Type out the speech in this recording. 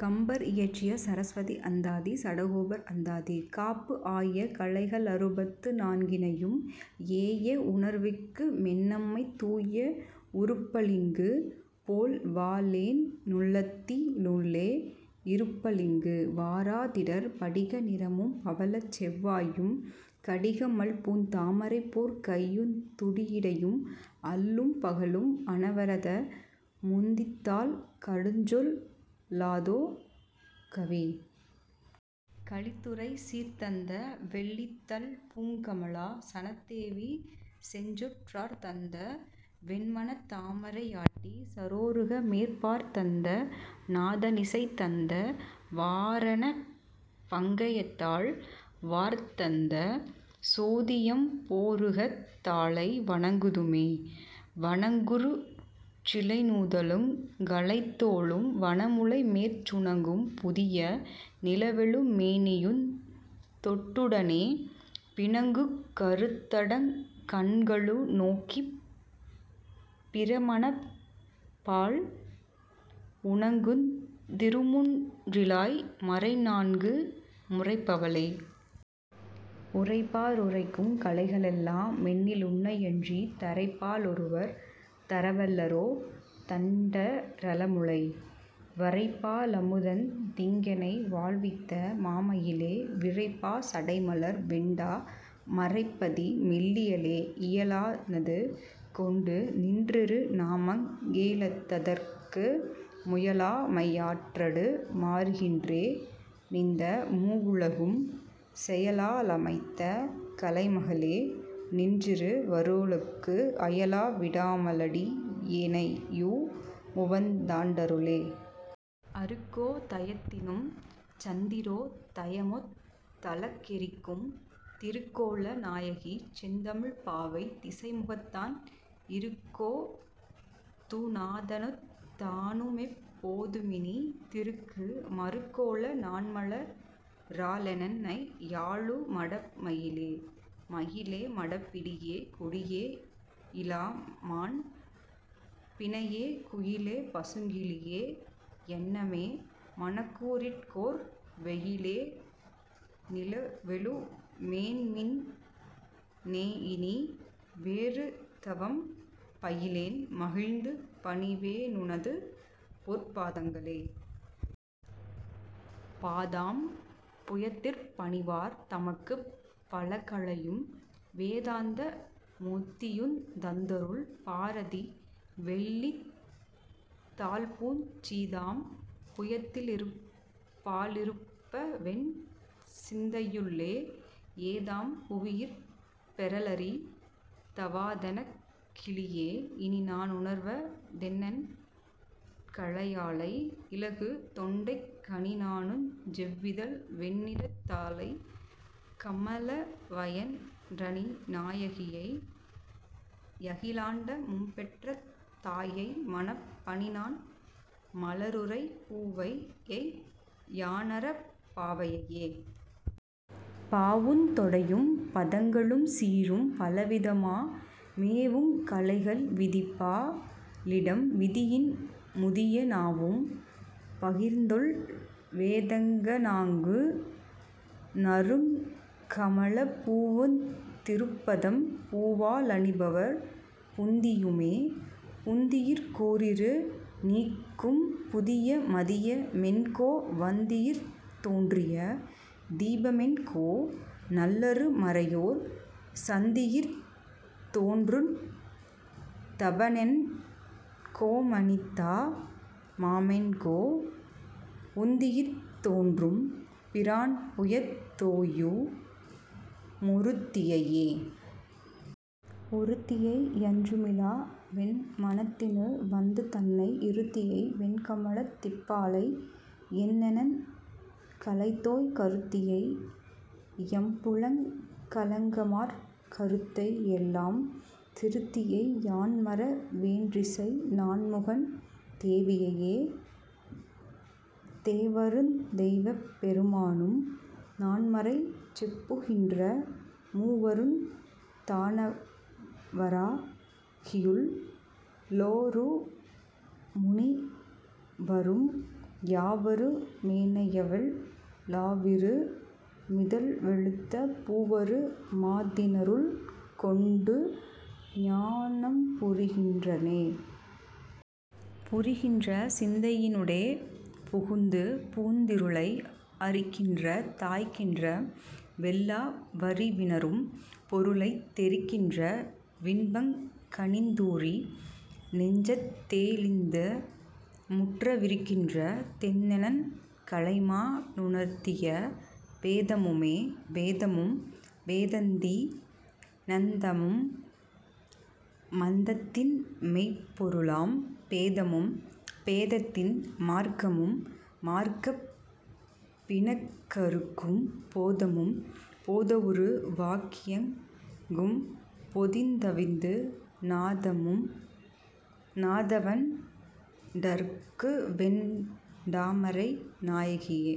கம்பர் இயற்றிய சரஸ்வதி அந்தாதி, சடகோபர் அந்தாதி காப்பு ஆய கலைக ளறுபத்து நான்கினையும் ஏய வுணர்விக்கு மென்னம்மை தூய வுருப்பளிங்கு போல்வாளென் னுள்ளத்தி னுள்ளே யிருப்பளிங்கு வாரா திடர். படிக நிறமும் பவளச்செவ் வாயும் கடிகமழ்பூந் தாமரைபோற் கையுந் துடியிடையும் அல்லும் பகலும் அனவரத முந்துதித்தால் கல்லுஞ்சொல் லாதோ கவி. கலித்துறை சீர்தந்த வெள்ளிதழ்ப் பூங்கமலா சனத்தேவி செஞ்சொற் றார்தந்த வென்மனத் தாமரையாட்டி சரோருக மேற் பார்தந்த நாத னிசைதந்த வாரணப் பங்கயத்தாள் வார்தந்த சோதி யம்போருகத் தாளை வணங்குதுமே. வணங்குஞ் சிலைநுதலுங் கழைத்தோளும் வனமுலை மேற் சுணங்கும் புதிய நிலவெழு மேனியுந் தோட்டுடனே பிணங்குங் கருந்தடங் கண்களு நோக்கிப் பிரமனன்பால் உணங்குந் திருமுன் றிலாய் மறைநான்கு முரைப்பவளே. உரைப்பா ருரைக்குங் கலைகளெல்லா மெண்ணி லுன்னையன்றித் தரைப்பா லொருவர் தரவல்ல ரோதண் டரளமுலை வரைப்பா லமுதுதந் திங்கெனை வாழ்வித்த மாமயிலே விரைப்பா சடைமலர் வெண்டா மரைப்பதி மெல்லியலே. இயலா னதுகொண்டு நின்றிரு நாமங்க ளேத்துதற்கு முயலா மையாற்றடு மாறுகின்றே னிந்த மூவுலகும் செயலா லமைத்த கலைமகளே நின்றிரு வருளுக்கு அயலா விடாம லடியேனையு முவந் தாண்டருளே. அருக்கோ தயத்தினும் சந்திரோ தயமொத் தழகெறிக்கும் திருக்கோல நாயகி செந்தமிழ்ப் பாவை திசைமுகத்தான் இருக்கோ துநாதனுந் தானுமெப் போதுமினி திருக்கு மருக்கோல நாண்மல ராளென்னை யாளு மடமயிலே. மயிலே மடப்பிடியே கொடியே யிளமான் பிணையே குயிலே பசுங்கிளியே யன்னமே மனக்கூ ரிருட்கோர் வெயிலே நிலவெழு மேனிமின் னேயினி வேறுதவம் பயிலேன் மகிழ்ந்து பணிவே னுனதுபொற் பாதங்களே. பாதாம் புயத்திற் பணிவார் தமக்குப் பலகலையும் வேதாந்த முத்தியுந் தந்தருள் பாரதிவெள் ளிதழ்ப்பூஞ் சீதாம் புயத்தி லிருப்பா ளிருப்பவென் சிந்தையுள்ளே ஏதாம் புவியிற் பெறலரி தாவதெனக் கினியே. இனிநா னுணர்வ தெண்ணெண் கலையாளை இலகுதொண்டைக் கனிநாணுஞ் செவ்விதழ் வெண்ணிறத் தாளைக் கமலவயன் றனிநாயகியை யகிலாண்ட மும்பெற்ற தாயைமணப் பனிநாண் மலருறை பூவையை யாரணப் பாவையையே. பாவுந் தொடையும் பதங்களும் சீரும் பலவிதமா மேவுங் கலைகள் விதிப்பா ளிடம்விதியின் முதிய நாவும் பகர்ந்ததொல் வேதங்க ணான்கு நறுங்கமலப் பூவுந் திருப்பதம் பூவா லணிபவர் புந்தியுமே. புந்தியிற் கூரிரு ணீக்கும்புதிய மதிய மென்கோ வந்தியிற் றோன்றிய தீபமென்கோ நல்லரு மறையோர் சந்தியிற் றோன்றுந் தபனனென் கோமணித்தா மமென்கோ உந்தியிற் றோன்றும் பிரான்புயந் தோயு மொருத்தியையே. ஒருத்தியை யன்றுமி லாவென் மனத்தினு வந்துதன்னை இருத்தியை வெண்கமலத் திப்பாளை யெண்ணெண் கலைதோய் கருத்தியை யைம்புலனுங் கலங்காமற் கருத்தை யெல்லாம் திருத்தியை யான்மற வேன்றிசை நான்முகன் தேவியையே. தேவருந் தெய்வப் பெருமானு நான்மறை செப்புகின்ற மூவருந் தானவரா கியுள் ளோருமுனி வரரும் யாவரு மேனையவெல் லாவுயிரு மிதழ் வெளுத்த பூவரு மாதினருள் கொண்டுஞா னம்புரி கின்றதே. புரிகின்ற சிந்தையி னூடே புகுந்துபுகுந் திருளை அரிகின்ற தாய்கின்ற வெல்லா வறிவினரும் பொருளைத் தெரிகின்ற வின்பங் கனிந்தூறி நெஞ்சந்தெ ளிந்துமுற்ற விரிகின்ற தெண்ணெண் கலைமா னுணர்த்திய வேதமுமே. வேதமும் வேதத்தி னந்தமு மந்தத்தின் மெய்ப்பொருளாம் பேதமும் பேதத்தின் மார்க்கமு மார்க்கப் பிணக்கறுக்கும் போதமும் போதவுரு வாகியெங் கும்பொதிந் தவிந்து நாதமு நாதவண் டார்க்கும்வெண் டாமரை நாயகியே.